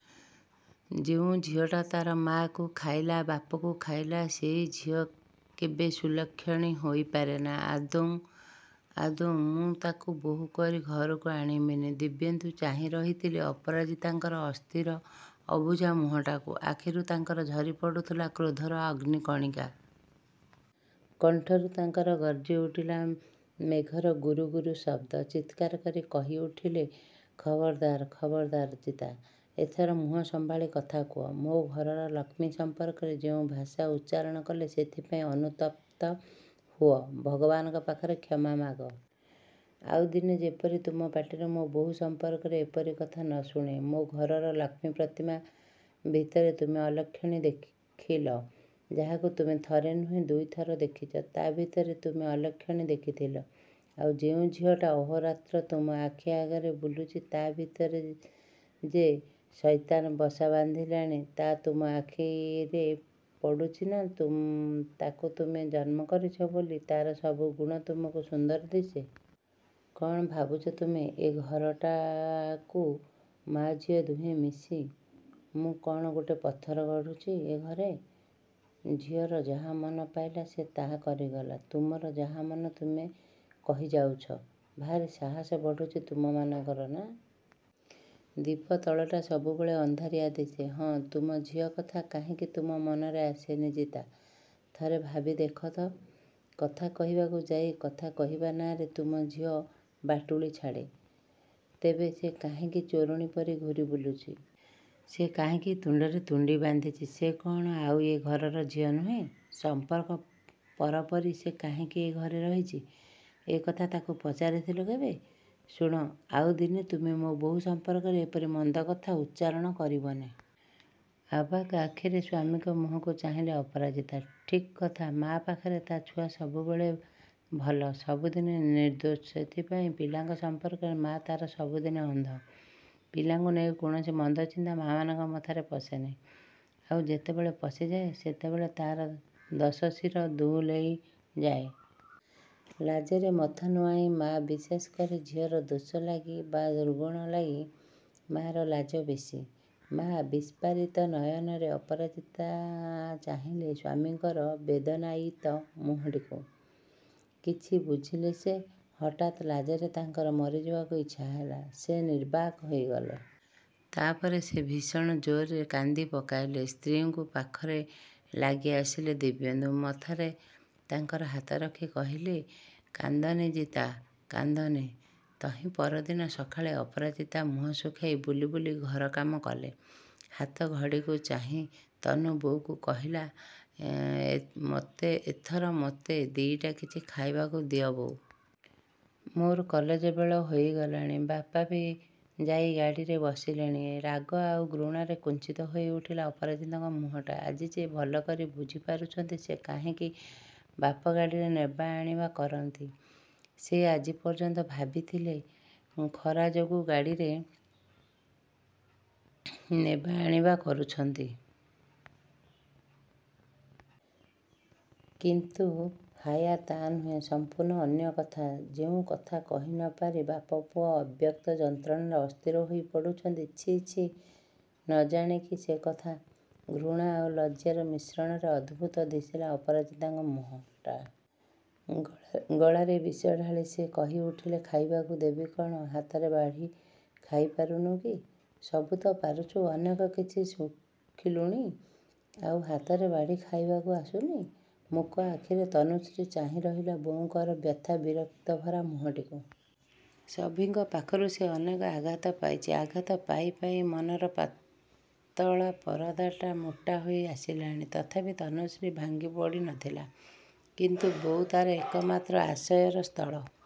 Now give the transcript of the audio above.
ଯେଉଁ ଝିଅଟା ତା'ର ମାଆକୁ ଖାଇଲା ବାପକୁ ଖାଇଲା, ସେଇ ଝିଅ କେବେ ସୁଲକ୍ଷଣୀ ହୋଇ ପାରେନା। ଆଦୌ, ଆଦୌ ମୁଁ ତାକୁ ବୋହୂ କରି ଘରକୁ ଆଣିବିନି। ଦିବ୍ୟେନ୍ଦୁ ଚାହିଁ ରହିଥିଲେ ଅପରାଜିତାଙ୍କର ଅସ୍ଥିର, ଅବୁଝା ମୁହଁଟାକୁ। ଆଖିରୁ ତାଙ୍କର ଝରି ପଡ଼ୁଥିଲା କ୍ରୋଧର ଅଗ୍ନି କଣିକା। କଣ୍ଠରୁ ତାଙ୍କର ଗର୍ଜି ଉଠିଲା ମେଘର ଗୁରୁ ଗୁରୁ ଶବ୍ଦ। ଚିତ୍କାର କରି କହି ଉଠିଲେ ଖବର୍ଦାର୍, ଖବର୍ଦାର୍ ଜିତା, ଏଥର ମୁହଁ ସମ୍ଭାଳି କଥା କୁହ, ମୋ ଘରର ଲକ୍ଷ୍ମୀ ସମ୍ପର୍କରେ ଯେଉଁ ଭାଷା ଉଚ୍ଚାରଣ କଲେ ସେଥିପାଇଁ ଅନୁତପ୍ତ ହୁଅ। ଭଗବାନଙ୍କ ପାଖରେ କ୍ଷମା ମାଗ। ଆଉ ଦିନେ ଯେପରି ତୁମ ପାଟିରୁ ମୋ ବୋହୂ ସମ୍ପର୍କରେ ଏପରି କଥା ନ ଶୁଣେ। ମୋ ଘରର ଲାକ୍ଷ୍ମୀ ପ୍ରତିମା ଭିତରେ ତୁମେ ଅଲକ୍ଷଣୀ ଦେଖିଲ! ଯାହାକୁ ତୁମେ ଥରେ ନୁହେଁ ଦୁଇଥର ଦେଖିଛ, ତା' ଭିତରେ ତୁମେ ଅଲକ୍ଷଣୀ ଦେଖିଥିଲ? ଆଉ ଯେଉଁ ଝିଅଟା ଅହୋରାତ୍ର ତୁମ ଆଖି ଆଗରେ ବୁଲୁଛି ତା' ଭିତରେ ଯେ ସୈତାନ ବସା ବନ୍ଧିଲାଣି ତା' ତୁମ ଆଖିରେ ପଡ଼ୁଛି ନା ତୁ ତାକୁ ତୁମେ ଜନ୍ମ କରିଛ ବୋଲି ତା'ର ସବୁ ଗୁଣ ତୁମକୁ ସୁନ୍ଦର ଦିଶେ। କ'ଣ ଭାବୁଛ ତୁମେ ଏ ଘରଟାକୁ ମା' ଝିଅ ଦୁହେଁ ମିଶି? ମୁଁ କ'ଣ ଗୋଟେ ପଥର ଗଡ଼ୁଛି ଏ ଘରେ? ଝିଅର ଯାହା ମନ ପାଇଲା ସେ ତାହା କରିଗଲା। ତୁମର ଯାହା ମନ ତୁମେ କହି ଯାଉଛ। ଭାରି ସାହସ ବଢୁଛି ତୁମମାନଙ୍କର ନା? ଦୀପ ତଳଟା ସବୁବେଳେ ଅନ୍ଧାରିଆ ଦିଶେ। ହଁ ତୁମ ଝିଅ କଥା କାହିଁକି ତୁମ ମନରେ ଆସେନି ଜିତା? ଥରେ ଭାବି ଦେଖ ତ, କଥା କହିବାକୁ ଯାଇ କଥା କହିବା ନାଁରେ ତୁମ ଝିଅ ବାଟୁଳି ଛାଡ଼େ। ତେବେ ସେ କାହିଁକି ଚୋରଣୀ ପରି ଘୂରି ବୁଲୁଛି। ସେ କାହିଁକି ତୁଣ୍ଡରେ ତୁଣ୍ଡି ବାନ୍ଧିଛି। ସେ କ'ଣ ଆଉ ଏ ଘରର ଝିଅ ନୁହେଁ। ସମ୍ପର୍କ ପର ପରି ସେ କାହିଁକି ଏ ଘରେ ରହିଛି। ଏ କଥା ତାକୁ ପଚାରିଥିଲ କେବେ? ଶୁଣ, ଆଉ ଦିନେ ତୁମେ ମୋ ବୋହୂ ସମ୍ପର୍କରେ ଏପରି ମନ୍ଦ କଥା ଉଚ୍ଚାରଣ କରିବନି। ଆବାକ୍ ଆଖିରେ ସ୍ୱାମୀଙ୍କ ମୁହଁକୁ ଚାହିଁଲେ ଅପରାଜିତା। ଠିକ୍ କଥା ମାଆ ପାଖରେ ତା' ଛୁଆ ସବୁବେଳେ ଭଲ, ସବୁଦିନେ ନିର୍ଦ୍ଦୋଷ। ସେଇଥିପାଇଁ ପିଲାଙ୍କ ସମ୍ପର୍କରେ ମାଆ ତା'ର ସବୁଦିନେ ଅନ୍ଧ। ପିଲାଙ୍କୁ ନେଇ କୌଣସି ମନ୍ଦ ଚିନ୍ତା ମାଆମାନଙ୍କ ମଥାରେ ପଶେନି। ଆଉ ଯେତେବେଳେ ପଶିଯାଏ ସେତେବେଳେ ତା'ର ଦଶ ଶିର ଦୁଲହୋଇ ଯାଏ। ଲାଜେରେ ମଥା ନୁଆଁଏ ମାଆ। ବିଶେଷ କରି ଝିଅର ଦୋଷ ଲାଗି ବା ଦୁର୍ଗୁଣ ଲାଗି ମାଆର ଲାଜ ବେଶୀ। ମା ବିସ୍ଫାରିତ ନୟନରେ ଅପରାଜିତା ଚାହିଁଲେ ସ୍ୱାମୀଙ୍କର ବେଦନାୟୀତ ମୁହଁଟିକୁ। କିଛି ବୁଝିଲେ ସେ। ହଠାତ୍ ଲାଜରେ ତାଙ୍କର ମରିଯିବାକୁ ଇଚ୍ଛା ହେଲା। ସେ ନିର୍ବାକ ହୋଇଗଲେ। ତା' ପରେ ସେ ଭୀଷଣ ଜୋର୍‌ରେ କାନ୍ଦି ପକାଇଲେ। ସ୍ତ୍ରୀଙ୍କୁ ପାଖରେ ଲାଗି ଆସିଲେ ଦିବ୍ୟେନ୍ଦୁ। ମଥାରେ ତାଙ୍କର ହାତ ରଖି କହିଲେ କାନ୍ଦନି ଜିତା, କାନ୍ଦନି। ତହିଁ ପରଦିନ ସକାଳେ ଅପରାଜିତା ମୁହଁ ଶୁଖାଇ ବୁଲି ବୁଲି ଘର କାମ କଲେ। ହାତ ଘଡ଼ିକୁ ଚାହିଁ ତନୁ ବୋଉକୁ କହିଲା ଏ ମତେ ଏଥର ମତେ ଦି'ଟା କିଛି ଖାଇବାକୁ ଦିଅ ବୋଉ। ମୋର କଲେଜ ବେଳ ହୋଇଗଲାଣି। ବାପା ବି ଯାଇ ଗାଡ଼ିରେ ବସିଲେଣି। ରାଗ ଆଉ ଘୃଣାରେ କୁଞ୍ଚିତ ହୋଇ ଉଠିଲା ଅପରାଜିତାଙ୍କ ମୁହଁଟା। ଆଜି ଯେ ଭଲ କରି ବୁଝି ପାରୁଛନ୍ତି ସେ କାହିଁକି ବାପ ଗାଡ଼ିରେ ନେବା ଆଣିବା କରନ୍ତି। ସେ ଆଜି ପର୍ଯ୍ୟନ୍ତ ଭାବିଥିଲେ ଖରା ଯୋଗୁଁ ଗାଡ଼ିରେ ନେବା ଆଣିବା କରୁଛନ୍ତି। କିନ୍ତୁ ହାୟା ତା' ନୁହେଁ, ସମ୍ପୂର୍ଣ୍ଣ ଅନ୍ୟ କଥା ଯେଉଁ କଥା କହି ନ ପାରି ବାପ ପୁଅ ଅବ୍ୟକ୍ତ ଯନ୍ତ୍ରଣାରେ ଅସ୍ଥିର ହୋଇ ପଡ଼ୁଛନ୍ତି। ଛି ଛି ନ ଜାଣେ କି ସେକଥା। ଘୃଣା ଆଉ ଲଜ୍ଜାର ମିଶ୍ରଣରେ ଅଦ୍ଭୁତ ଦିଶିଲା ଅପରାଜିତାଙ୍କର ମୁହଁଟା। ଗଳାରେ ବିଷ ଢାଳି ସେ କହି ଉଠିଲେ ଖାଇବାକୁ ଦେବି କ'ଣ, ହାତରେ ବାଢ଼ି ଖାଇ ପାରୁନୁ କି? ସବୁ ତ ପାରୁଛୁ, ଅନେକ କିଛି ଶିଖିଲୁଣି। ଆଉ ହାତରେ ବାଢ଼ି ଖାଇବାକୁ ଆସୁନି? ମୂକ ଆଖିରେ ତନୁଶ୍ରୀ ଚାହିଁ ରହିଲା ବୋଉଙ୍କର ବ୍ୟଥା ବିରକ୍ତ ଭରା ମୁହଁଟିକୁ। ସଭିଙ୍କ ପାଖରୁ ସେ ଅନେକ ଆଘାତ ପାଇଚି। ଆଘାତ ପାଇ ପାଇ ମନର ପାତଳା ପରଦାଟା ମୋଟା ହୋଇ ଆସିଲାଣି। ତଥାପି ତନୁଶ୍ରୀ ଭାଙ୍ଗି ପଡ଼ି ନଥିଲା। କିନ୍ତୁ ବୋଉ ତା'ର ଏକମାତ୍ର ଆଶ୍ରୟର ସ୍ଥଳ।